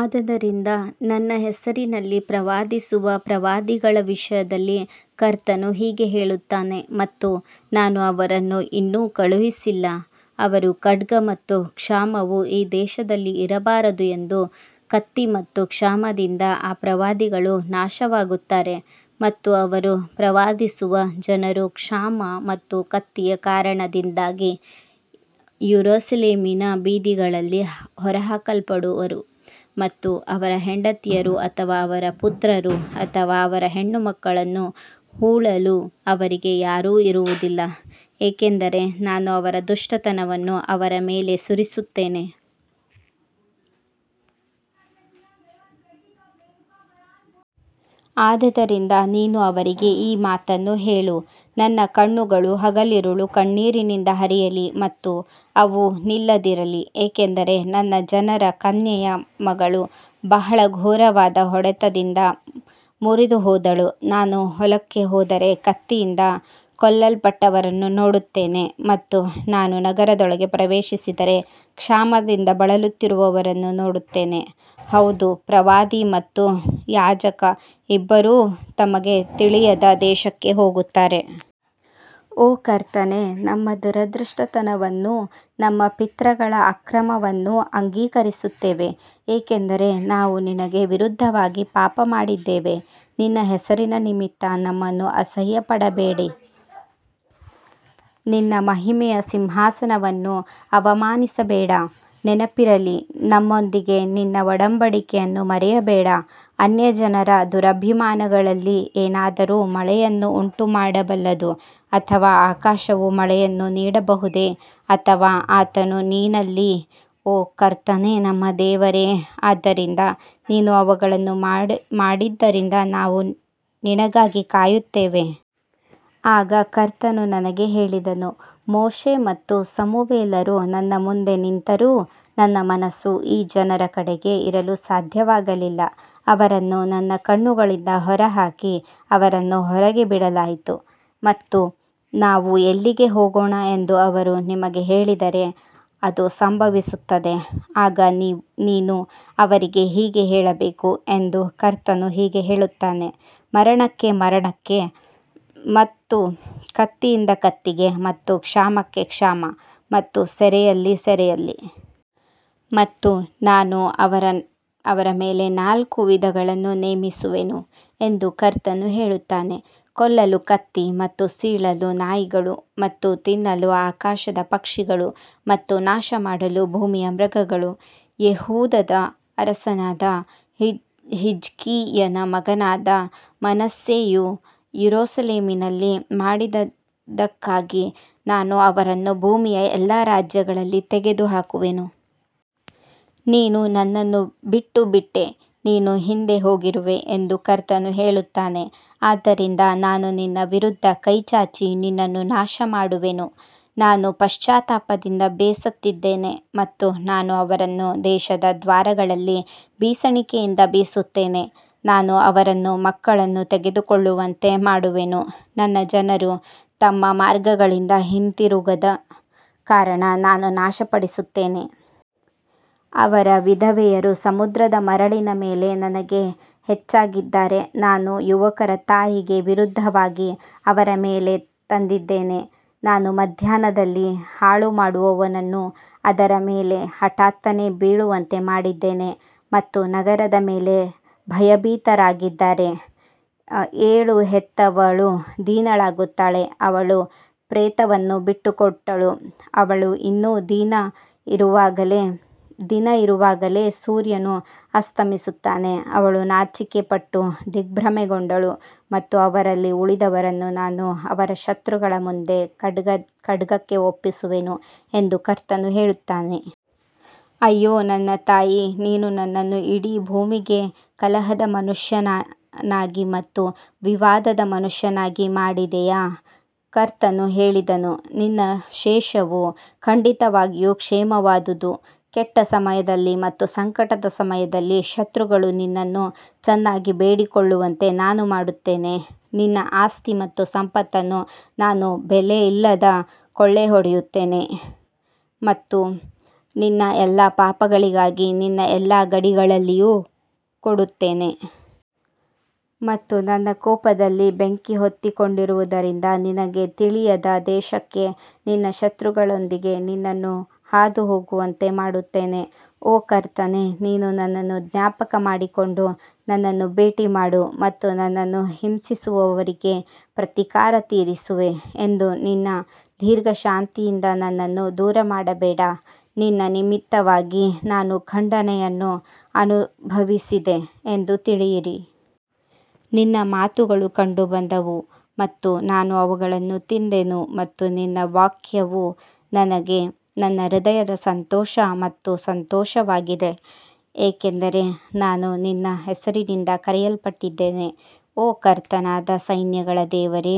ಆದದರಿಂದ ನನ್ನ ಹೆಸರಿನಲ್ಲಿ ಪ್ರವಾದಿಸುವ ಪ್ರವಾದಿಗಳ ವಿಷಯದಲ್ಲಿ ಕರ್ತನು ಹೀಗೆ ಹೇಳುತ್ತಾನೆ ಮತ್ತು ನಾನು ಅವರನ್ನು ಇನ್ನೂ ಕಳುಹಿಸಲಿಲ್ಲ ಅವರು ಖಡ್ಗ ಮತ್ತು ಕ್ಷಾಮವು ಈ ದೇಶದಲ್ಲಿ ಇರಬಾರದು ಎಂದು ಕತ್ತಿ ಮತ್ತು ಕ್ಷಾಮದಿಂದ ಆ ಪ್ರವಾದಿಗಳು ನಾಶವಾಗುತ್ತಾರೆ. ಮತ್ತು ಅವರು ಪ್ರವಾದಿಸುವ ಜನರು ಕ್ಷಾಮ ಮತ್ತು ಕತ್ತಿಯ ಕಾರಣದಿಂದಾಗಿ ಯೆರೂಸಲೇಮಿನ ಬೀದಿಗಳಲ್ಲಿ ಹೊರಹಾಕಲ್ಪಡುವರು ಮತ್ತು ಅವರ ಹೆಂಡತಿಯರು ಅಥವಾ ಅವರ ಪುತ್ರರು ಅಥವಾ ಅವರ ಹೆಣ್ಣುಮಕ್ಕಳನ್ನು ಹೂಳಲು ಅವರಿಗೆ ಯಾರೂ ಇರುವುದಿಲ್ಲ ಏಕೆಂದರೆ ನಾನು ಅವರ ದುಷ್ಟತನವನ್ನು ಅವರ ಮೇಲೆ ಸುರಿಯುತ್ತೇನೆ. ಆದದರಿಂದ ನೀನು ಅವರಿಗೆ ಈ ಮಾತನ್ನು ಹೇಳು ನನ್ನ ಕಣ್ಣುಗಳು ಹಗಲಿರುಳು ಕಣ್ಣೀರಿನಿಂದ ಹರಿಯಲಿ ಮತ್ತು ಅವು ನಿಲ್ಲದಿರಲಿ ಏಕೆಂದರೆ ನನ್ನ ಜನರ ಕನ್ಯೆಯ ಮಗಳು ಬಹಳ ಘೋರವಾದ ಹೊಡೆತದಿಂದ ಮುರಿದುಹೋದಳು. ನಾನು ಹೊಲಕ್ಕೆ ಹೋದರೆ ಕತ್ತಿಯಿಂದ ಕೊಲ್ಲಲ್ಪಟ್ಟವರನ್ನು ನೋಡುತ್ತೇನೆ ಮತ್ತು ನಾನು ನಗರದೊಳಗೆ ಪ್ರವೇಶಿಸಿದರೆ ಕ್ಷಾಮದಿಂದ ಬಳಲುತ್ತಿರುವವರನ್ನು ನೋಡುತ್ತೇನೆ ಹೌದು ಪ್ರವಾದಿ ಮತ್ತು ಯಾಜಕ ಇಬ್ಬರೂ ತಮಗೆ ತಿಳಿಯದ ದೇಶಕ್ಕೆ ಹೋಗುತ್ತಾರೆ. ಓ ಕರ್ತನೇ ನಮ್ಮ ದುಷ್ಟತನವನ್ನೂ ನಮ್ಮ ಪಿತೃಗಳ ಅಕ್ರಮವನ್ನೂ ಅಂಗೀಕರಿಸುತ್ತೇವೆ ಏಕೆಂದರೆ ನಾವು ನಿನಗೆ ವಿರುದ್ಧವಾಗಿ ಪಾಪಮಾಡಿದ್ದೇವೆ. ನಿನ್ನ ಹೆಸರಿನ ನಿಮಿತ್ತ ನಮ್ಮನ್ನು ಅಸಹ್ಯಪಡಬೇಡ ನಿನ್ನ ಮಹಿಮೆಯ ಸಿಂಹಾಸನವನ್ನು ಅವಮಾನಿಸಬೇಡ ನೆನಪಿರಲಿ ನಮ್ಮೊಂದಿಗೆ ನಿನ್ನ ಒಡಂಬಡಿಕೆಯನ್ನು ಮುರಿಯಬೇಡ. ಅನ್ಯಜನರ ದುರಭಿಮಾನಗಳಲ್ಲಿ ಏನಾದರೂ ಮಳೆಯನ್ನು ಉಂಟುಮಾಡಬಲ್ಲದು ಅಥವಾ ಆಕಾಶವು ಮಳೆಯನ್ನು ನೀಡಬಹುದೇ ಅಥವಾ ಆತನು ನೀನಲ್ಲ ಓ ಕರ್ತನೇ ನಮ್ಮ ದೇವರೇ ಆದ್ದರಿಂದ ನೀನು ಇವುಗಳನ್ನು ಮಾಡಿದ್ದರಿಂದ ನಾವು ನಿನಗಾಗಿ ಕಾಯುತ್ತೇವೆ. ಆಗ ಕರ್ತನು ನನಗೆ ಹೇಳಿದನು ಮೋಶೆ ಮತ್ತು ಸಮುವೇಲರು ನನ್ನ ಮುಂದೆ ನಿಂತರೂ ನನ್ನ ಮನಸ್ಸು ಈ ಜನರ ಕಡೆಗೆ ಇರಲು ಸಾಧ್ಯವಾಗಲಿಲ್ಲ ಅವರನ್ನು ನನ್ನ ಕಣ್ಣುಗಳಿಂದ ಹೊರಹಾಕಿ ಅವರನ್ನು ಹೊರಗೆ ಬಿಡಲಾಯಿತು. ಮತ್ತು ನಾವು ಎಲ್ಲಿಗೆ ಹೋಗೋಣ ಎಂದು ಅವರು ನಿಮಗೆ ಹೇಳಿದರೆ ಅದು ಸಂಭವಿಸುತ್ತದೆ ಆಗ ನೀನು ಅವರಿಗೆ ಹೀಗೆ ಹೇಳಬೇಕು ಎಂದು ಕರ್ತನು ಹೀಗೆ ಹೇಳುತ್ತಾನೆ ಮರಣಕ್ಕೆ ಮರಣಕ್ಕೆ ಮತ್ತು ಕತ್ತಿಯಿಂದ ಕತ್ತಿಗೆ ಮತ್ತು ಕ್ಷಾಮಕ್ಕೆ ಕ್ಷಾಮ ಮತ್ತು ಸೆರೆಯಲ್ಲಿ ಸೆರೆಯಲ್ಲಿ. ಮತ್ತು ನಾನು ಅವರ ಮೇಲೆ ನಾಲ್ಕು ವಿಧಗಳನ್ನು ನೇಮಿಸುವೆನು ಎಂದು ಕರ್ತನು ಹೇಳುತ್ತಾನೆ ಕೊಲ್ಲಲು ಕತ್ತಿ ಮತ್ತು ಸೀಳಲು ನಾಯಿಗಳು ಮತ್ತು ತಿನ್ನಲು ಆಕಾಶದ ಪಕ್ಷಿಗಳು ಮತ್ತು ನಾಶಮಾಡಲು ಭೂಮಿಯ ಮೃಗಗಳು. ಯೆಹೂದದ ಅರಸನಾದ ಹಿಜ್ಕೀಯನ ಮಗನಾದ ಮನಸ್ಸೆಯು ಯೆರೂಸಲೇಮಿನಲ್ಲಿ ಮಾಡಿದ್ದಕ್ಕಾಗಿ ನಾನು ಅವರನ್ನು ಭೂಮಿಯ ಎಲ್ಲಾ ರಾಜ್ಯಗಳಲ್ಲಿ ತೆಗೆದುಹಾಕುವೆನು. ನೀನು ನನ್ನನ್ನು ಬಿಟ್ಟುಬಿಟ್ಟೆ ನೀನು ಹಿಂದೆ ಹೋಗಿರುವೆ ಎಂದು ಕರ್ತನು ಹೇಳುತ್ತಾನೆ ಆದ್ದರಿಂದ ನಾನು ನಿನ್ನ ವಿರುದ್ಧ ಕೈ ಚಾಚಿ ನಿನ್ನನ್ನು ನಾಶಮಾಡುವೆನು ನಾನು ಪಶ್ಚಾತ್ತಾಪದಿಂದ ಬೇಸತ್ತಿದ್ದೇನೆ. ಮತ್ತು ನಾನು ಅವರನ್ನು ದೇಶದ ದ್ವಾರಗಳಲ್ಲಿ ಬೀಸಣಿಗೆಯಿಂದ ಬೀಸುತ್ತೇನೆ ನಾನು ಅವರನ್ನು ಮಕ್ಕಳನ್ನು ಕಳೆದುಕೊಳ್ಳುವಂತೆ ಮಾಡುವೆನು ನನ್ನ ಜನರು ತಮ್ಮ ಮಾರ್ಗಗಳಿಂದ ಹಿಂತಿರುಗದ ಕಾರಣ ನಾನು ನಾಶಪಡಿಸುತ್ತೇನೆ. ಅವರ ವಿಧವೆಯರು ಸಮುದ್ರದ ಮರಳಿನ ಮೇಲೆ ನನಗೆ ಹೆಚ್ಚಾಗಿದ್ದಾರೆ ನಾನು ಯುವಕರ ತಾಯಿಗೆ ವಿರುದ್ಧವಾಗಿ ಅವರ ಮೇಲೆ ತಂದಿದ್ದೇನೆ ನಾನು ಮಧ್ಯಾಹ್ನದಲ್ಲಿ ಹಾಳುಮಾಡುವವನನ್ನು ಅದರ ಮೇಲೆ ಹಠಾತ್ತನೆ ಬೀಳುವಂತೆ ಮಾಡಿದ್ದೇನೆ ಮತ್ತು ನಗರದ ಮೇಲೆ ಭಯಭೀತರಾಗಿದ್ದಾರೆ. ಏಳು ಹೆತ್ತವಳು ದೀನಳಾಗುತ್ತಾಳೆ ಅವಳು ಪ್ರೇತವನ್ನು ಬಿಟ್ಟುಕೊಟ್ಟಳು ಅವಳು ಇನ್ನೂ ದಿನ ಇರುವಾಗಲೇ ಸೂರ್ಯನು ಅಸ್ತಮಿಸುತ್ತಾನೆ ಅವಳು ನಾಚಿಕೆಪಟ್ಟು ದಿಗ್ಭ್ರಮೆಗೊಂಡಳು ಮತ್ತು ಅವರಲ್ಲಿ ಉಳಿದವರನ್ನು ನಾನು ಅವರ ಶತ್ರುಗಳ ಮುಂದೆ ಖಡ್ಗಕ್ಕೆ ಒಪ್ಪಿಸುವೆನು ಎಂದು ಕರ್ತನು ಹೇಳುತ್ತಾನೆ. ಅಯ್ಯೋ ನನ್ನ ತಾಯಿ ನೀನು ನನ್ನನ್ನು ಇಡೀ ಭೂಮಿಗೆ ಕಲಹದ ಮನುಷ್ಯನಾಗಿ ಮತ್ತು ವಿವಾದದ ಮನುಷ್ಯನನ್ನಾಗಿ ಮಾಡಿದೀಯಾ ಕರ್ತನು ಹೇಳಿದನು ನಿನ್ನ ಶೇಷವು ಖಂಡಿತವಾಗಿಯೂ ಕ್ಷೇಮವಾಗುವುದು ಕೆಟ್ಟ ಸಮಯದಲ್ಲಿ ಮತ್ತು ಸಂಕಟದ ಸಮಯದಲ್ಲಿ ಶತ್ರುಗಳು ನಿನ್ನನ್ನು ಚೆನ್ನಾಗಿ ಬೇಡಿಕೊಳ್ಳುವಂತೆ ನಾನು ಮಾಡುತ್ತೇನೆ. ನಿನ್ನ ಆಸ್ತಿ ಮತ್ತು ಸಂಪತ್ತನ್ನು ನಾನು ಬೆಲೆಯಿಲ್ಲದೆ ಕೊಳ್ಳೆಹೊಡೆಯುತ್ತೇನೆ ಮತ್ತು ನಿನ್ನ ಎಲ್ಲಾ ಪಾಪಗಳಿಗಾಗಿ ನಿನ್ನ ಎಲ್ಲಾ ಗಡಿಗಳಲ್ಲಿಯೂ ಕೊಡುತ್ತೇನೆ. ಮತ್ತು ನನ್ನ ಕೋಪದಲ್ಲಿ ಬೆಂಕಿ ಹೊತ್ತಿಕೊಂಡಿರುವುದರಿಂದ ನಿನಗೆ ತಿಳಿಯದ ದೇಶಕ್ಕೆ ನಿನ್ನ ಶತ್ರುಗಳೊಂದಿಗೆ ನಿನ್ನನ್ನು ಹಾದುಹೋಗುವಂತೆ ಮಾಡುತ್ತೇನೆ. ಓ ಕರ್ತನೇ ನೀನು ನನ್ನನ್ನು ಜ್ಞಾಪಕಮಾಡಿಕೊಂಡು ನನ್ನನ್ನು ಭೇಟಿಮಾಡು ಮತ್ತು ನನ್ನನ್ನು ಹಿಂಸಿಸುವವರಿಗೆ ಪ್ರತೀಕಾರ ತೀರಿಸುವೆ ಎಂದು ನಿನ್ನ ದೀರ್ಘಶಾಂತಿಯಿಂದ ನನ್ನನ್ನು ದೂರಮಾಡಬೇಡ ನಿನ್ನ ನಿಮಿತ್ತವಾಗಿ ನಾನು ಖಂಡನೆಯನ್ನು ಅನುಭವಿಸಿದೆ ಎಂದು ತಿಳಿಯಿರಿ. ನಿನ್ನ ಮಾತುಗಳು ಕಂಡುಬಂದವು ಮತ್ತು ನಾನು ಅವುಗಳನ್ನು ತಿಂದೆನು ಮತ್ತು ನಿನ್ನ ವಾಕ್ಯವು ನನಗೆ ನನ್ನ ಹೃದಯದ ಸಂತೋಷ ಮತ್ತು ಸಂತೋಷವಾಗಿದೆ ಏಕೆಂದರೆ ನಾನು ನಿನ್ನ ಹೆಸರಿನಿಂದ ಕರೆಯಲ್ಪಟ್ಟಿದ್ದೇನೆ ಓ ಕರ್ತನಾದ ಸೈನ್ಯಗಳ ದೇವರೇ.